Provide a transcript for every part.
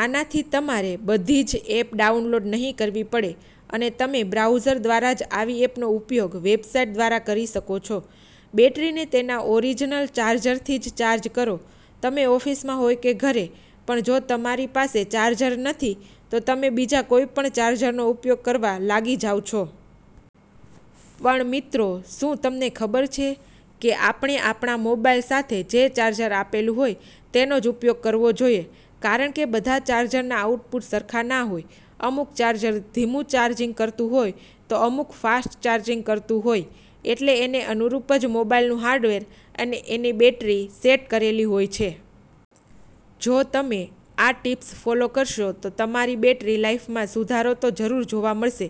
આનાથી તમારે બધી જ એપ ડાઉનલોડ નહીં કરવી પડે અને તમે બ્રાઉઝર દ્વારા જ આવી એપનો ઉપયોગ વેબસાઇટ દ્વારા કરી શકો છો. બેટરીને તેના ઓરિજિનલ ચાર્જરથી જ ચાર્જ કરો તમે ઓફીસમાં હોય કે ઘરે પણ જો તમારી પાસે ચાર્જર નથી તો તમે બીજા કોઈ પણ ચાર્જરનો ઉપયોગ કરવા લાગી જાવ છો. પણ મિત્રો શુ તમને ખબર છે કે આપણે આપણા મોબાઈલ સાથે જે ચાર્જર આપેલું હોય તેનો જ ઉપયોગ કરવો જોઈએ કારણ કે બધા ચાર્જરના આઉટપુટ સરખા ના હોય, અમુક ચાર્જર ધીમું ચાર્જિંગ કરતું હોય તો અમુક ફાસ્ટ ચાર્જિંગ કરતું હોય એટલે એને અનુરૂપ જ મોબાઈલનું હાર્ડવેર અને એની બેટરી સેટ કરેલી હોય છે. જો તમે આ ટિપ્સ ફોલો કરશો તો તમારી બેટરી લાઈફમાં સુધારો તો જરૂર જોવા મળશે.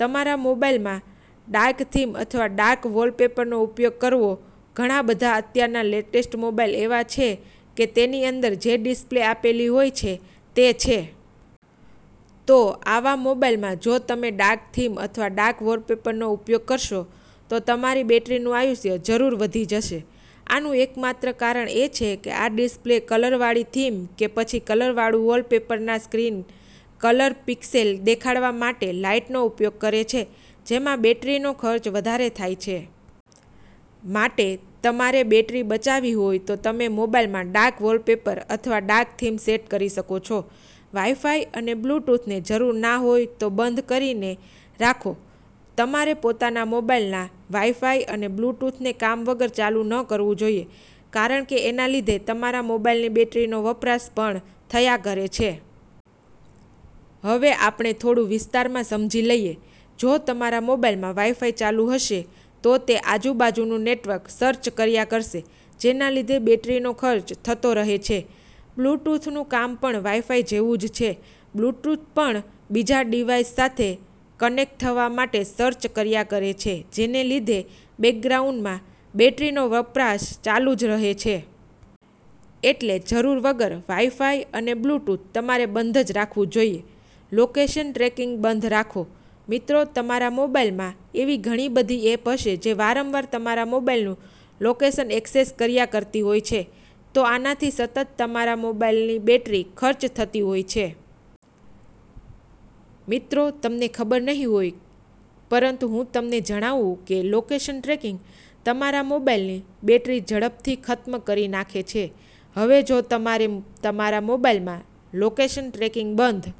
તમારા મોબાઈલમાં ડાર્ક થીમ અથવા ડાર્ક વોલપેપરનો ઉપયોગ કરવો ઘણા બધા અત્યારના લેટેસ્ટ મોબાઈલ એવા આવે છે કે તેની અંદર જે ડિસ્પ્લે આપેલી હોય છે તે છે. તો આવા મોબાઈલમાં જો તમે ડાર્ક થીમ અથવા ડાર્ક વોલપેપરનો ઉપયોગ કરશો તો તમારી બેટરીનું આયુષ્ય જરૂર વધી જશે. આનું એક માત્ર કારણ એ છે કે આ ડિસ્પ્લે કલર વાળી થીમ કે પછી કલર વાળું વોલપેપરના સ્ક્રીન કલર પિક્સેલ દેખાડવા માટે લાઈટનો ઉપયોગ કરે છે જેમાં બેટરીનો ખર્ચ વધારે થાય છે. માટે તમારે બેટરી બચાવી હોય તો તમે મોબાઇલમાં ડાર્ક વોલપેપર અથવા ડાર્ક થીમ સેટ કરી શકો છો. વાઈફાઈ અને બ્લૂટૂથને જરૂર ના હોય તો બંધ કરી ને રાખો તમારે પોતાના મોબાઇલના વાઈફાઈ અને બ્લૂટૂથને કામ વગર ચાલુ ન કરવું જોઈએ કારણ કે એના લીધે તમારા મોબાઈલની બેટરીનો વપરાશ પણ થયા કરે છે. હવે આપણે થોડું વિસ્તારમાં સમજી લઈએ, જો તમારા મોબાઈલમાં વાઈફાઈ ચાલુ હશે તો તે આજુ બાજુનું નેટવર્ક સર્ચ કર્યા કરશે જેના લીધે બેટરીનો ખર્ચ થતો રહે છે. બ્લ્યુટૂથનું કામ પણ વાઈફાઈ જેવું જ છે બ્લ્યુટૂથ પણ બીજા ડીવાઈસ સાથે કનેક્ટ થવા માટે સર્ચ કર્યા કરે છે જેને લીધે બૅકગ્રાઉન્ડમાં બેટરીનો વપરાશ ચાલુ જ રહે છે. એટલે જરૂર વગર વાઈફાઈ અને બ્લટૂથ તમારે બંધ જ રાખવું જોઈએ. લોકેશન ટ્રેકિંગ બંધ રાખો મિત્રો તમારા મોબાઈલમાં એવી ઘણી બધી એપ હશે જે વારંવાર તમારા મોબાઈલનું લોકેશન ઍક્સેસ કર્યા કરતી હોય છે તો આનાથી સતત તમારા મોબાઈલની બેટરી ખર્ચ થતી હોય છે. મિત્રો તમને ખબર નહિ હોય પરંતુ હું તમને જણાવું કે લોકેશન ટ્રેકિંગ તમારા મોબાઈલની બેટરી ઝડપથી ખત્મ કરી નાખે છે. હવે જો તમારે તમારા મોબાઈલમાં લોકેશન ટ્રેકિંગ બંધ